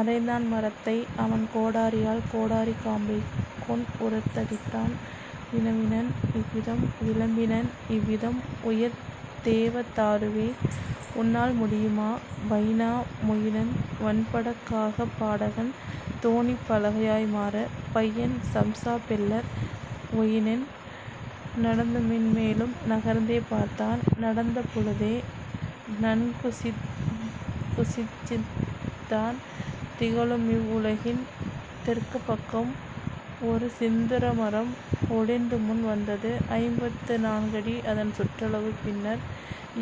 அறைந்தான் மரத்தை அவன்கோடரியால் கோடரிக் காம்பைக் கொண்உரத் அடித்தான் வினவினன் இவ்விதம் விளம்பினன் இவ்விதம் உயர்தேவ தாருவே உன்னால் முடியுமா வைனா மொயினன் வன்பட காக பாடகன் தோணிப் பலகையாய் மாற? பையன் சம்ஸா பெல்லர் வொயினன் நடந்துமென் மேலும் நகர்ந்தே பார்த்தான் நடந்த பொழுதே நன்குசிந்தித்தான் திகழுமிவ் உலகின் தெற்குப் பக்கம் ஒருசிந்துரமரம் ஒளிர்ந்துமுன் வந்தது ஐம்பத்து நான்கடி அதன்சுற்றளவு பின்னர்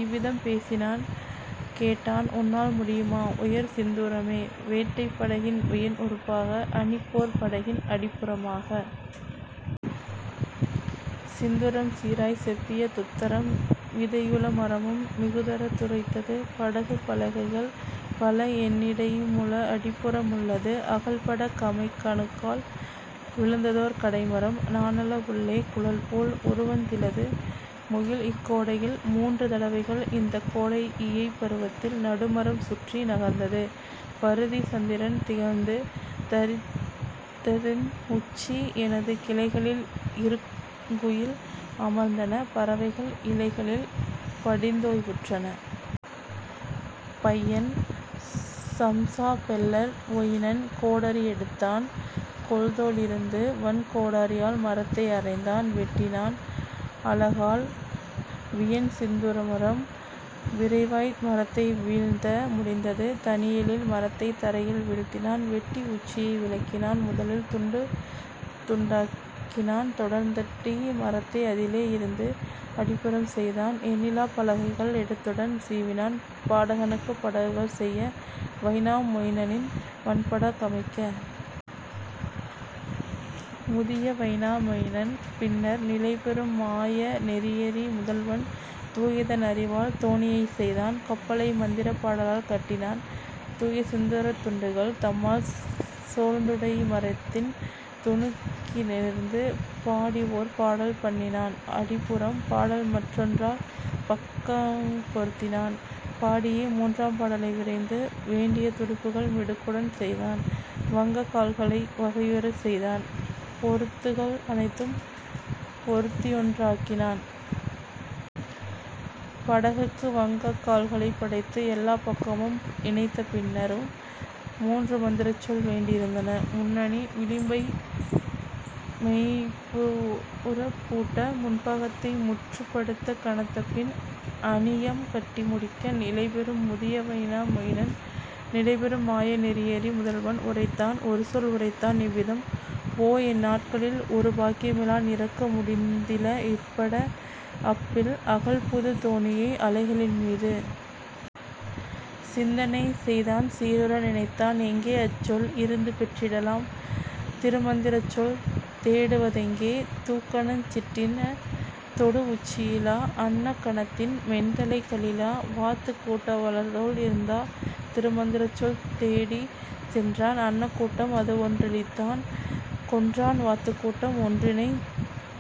இவ்விதம் பேசினான் கேட்டான் உன்னால் முடியுமா உயர்சிந்தூரமே வேட்டைப் படகின் வியன்உறுப்பாக அணிபோர்ப் படகின் அடிப்புறமாக? சிந்துரம் சீராய்ச் செப்பிய துத்தரம் விதையுள மரமும் மிகுதரத் துரைத்தது படகுப் பலகைகள் பலஎன்னிடைமுள அடிப்புற முள்ளது அகல்பட கமைக்க கணுக்கள் விழுந்ததோர் கடைமரம் நானல உள்ளே குழல்போல் உருவந் திலது முகிழ்இக் கோடையில் மூன்று தடவைகள் இந்தக் கோடை இயைபருவத்தில் நடுமரம் சுற்றி நகர்ந்தது பருதி சந்திரன் திகழ்ந்து தரித்ததென் உச்சி எனது கிளைகளில் இருங்குயில் அமர்ந்தன பறவைகள் இலைகளில் படிந்தோய்வுற்றன. பையன் சம்ஸா பெல்லர் வொயினன் கோடரி எடுத்தான் கொள்தோளிருந்து வன்கோடரியால் மரத்தை அறைந்தான் வெட்டினான் அலகால் வியன்சிந்துரமரம் விரைவாய் மரத்தை வீழ்த்த முடிந்தது தனியெழில் மரத்தைத் தரையில் வீழ்த்தினான். வெட்டி உச்சியை விலக்கினான் முதலில் துண்டுதுண்டாக்கினான் தொடர்ந்தடி மரத்தை அதிலே யிருந்து அடிப்புறம் செய்தான் எண்ணிலாப் பலகைகள் எடுத்துடன் சீவினான் பாடகனுக்குப் படகுகள் செய்ய வைனா மொயினனின் வன்பட கமைக்க. முதிய வைனா மொயினன் பின்னர் நிலைபெறும் மாய நெறியறி முதல்வன் தூயதன் அறிவால் தோணியைச் செய்தான் கப்பலை மந்திரப் பாடலால் கட்டினான் தூயசிந்துரத் துண்டுகள் தம்மால் சோர்ந்துடை மரத்தின் துணுக்கினிலிருந்து. பாடிஓர் பாடல் பண்ணினான் அடிப்புறம் பாடல்மற் றொன்றால் பக்கங் பொருத்தினான் பாடியே மூன்றாம் பாடலை விரைந்து வேண்டிய துடுப்புகள் மிடுக்குடன் செய்தான் வங்கக் கால்களை வகையுறச் செய்தான் பொருத்துகள் அனைத்தையும் பொருத்தியொன்றாக்கினான். படகுக்கு வங்கக் கால்களைப் படைத்து எல்லாப் பக்கமும் இணைத்த பின்னரும் மூன்றுமந்திரச்சொல் வேண்டியிருந்தன முன்னணி விளிம்பை மொய்ம்புறப் பூட்ட முன்பாகத்தை முற்றுப்படுத்த கனத்தபின் அணியம் கட்டி முடிக்க. நிலைபெறும் முதிய வைனா மொயினன் நிலைபெறும் மாய நெறியறி முதல்வன் உரைத்தான் ஒருசொல் உரைத்தான் இவ்விதம் ஓ என் நாட்களில் ஒருபாக்கியமிலான் இறக்க முடிந்தில இப்பட அப்பில் அகல்புதுத் தோணியை அலைகளின் மீது. சிந்தனை செய்தான் சீருற நினைத்தான் எங்கே அச்சொல் இருந்துபெற்றிடலாம் திருமந்திரச்சொல் தேடுவதெங்கே தூக்கணஞ் சிட்டின் தொடுஉச்சியிலா அன்னக் கணத்தின் மென்தலை களிலா வாத்துக் கூட்ட வளர்தோள் இருந்தா? திருமந்திரச்சொல் தேடிச் சென்றான் அன்னக் கூட்டம் அதுவொன்றழித்தான் கொன்றான் வாத்துக் கூட்டம் ஒன்றினை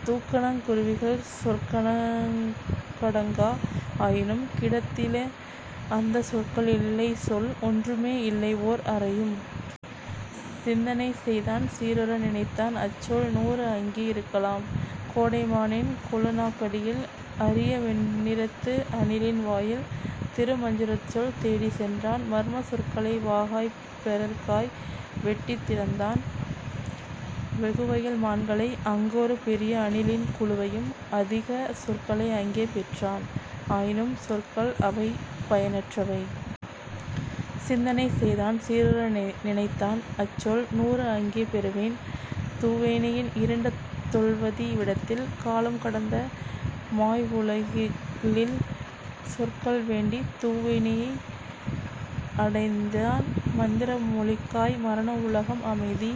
தூக்கணங் குருவிகள் சொற்கணக்கடங்கா ஆயினும் கிடைத்தில அந்தச் சொற்கள் இல்லைசொல் ஒன்றுமே இல்லைஓர் அரையும். சிந்தனை செய்தான் சீருற நினைத்தான் அச்சொல் நூறு அங்கே இருக்கலாம் கோடை மானின் கொழுநாக்கடியில் அரியவெண்ணிறத்து அணிலின் வாயில். திருமந்திரச்சொல் தேடிச் சென்றான் மர்மச் சொற்களை வாகாய்ப் பெறற்காய் வெட்டித் திறந்தான் வெகுவயல் மான்களை ஆங்கொரு பெரிய அணிலின் குழுவையும் அதிக சொற்களை அங்கே பெற்றான் ஆயினும் சொற்கள் அவைபயனற்றவை. சிந்தனை செய்தான் சீருற நினைத்தான் அச்சொல் நூறு அங்கே பெறுவேன் துவோனியின் இருண்ட தொல்வதி விடத்தில் காலம்கடந்த மாய்வுலகில்லில். சொற்கள் வேண்டித் துவோனியை அடைந்தான் மந்திர மொழிக்காய் மரண உலகம் அமைதி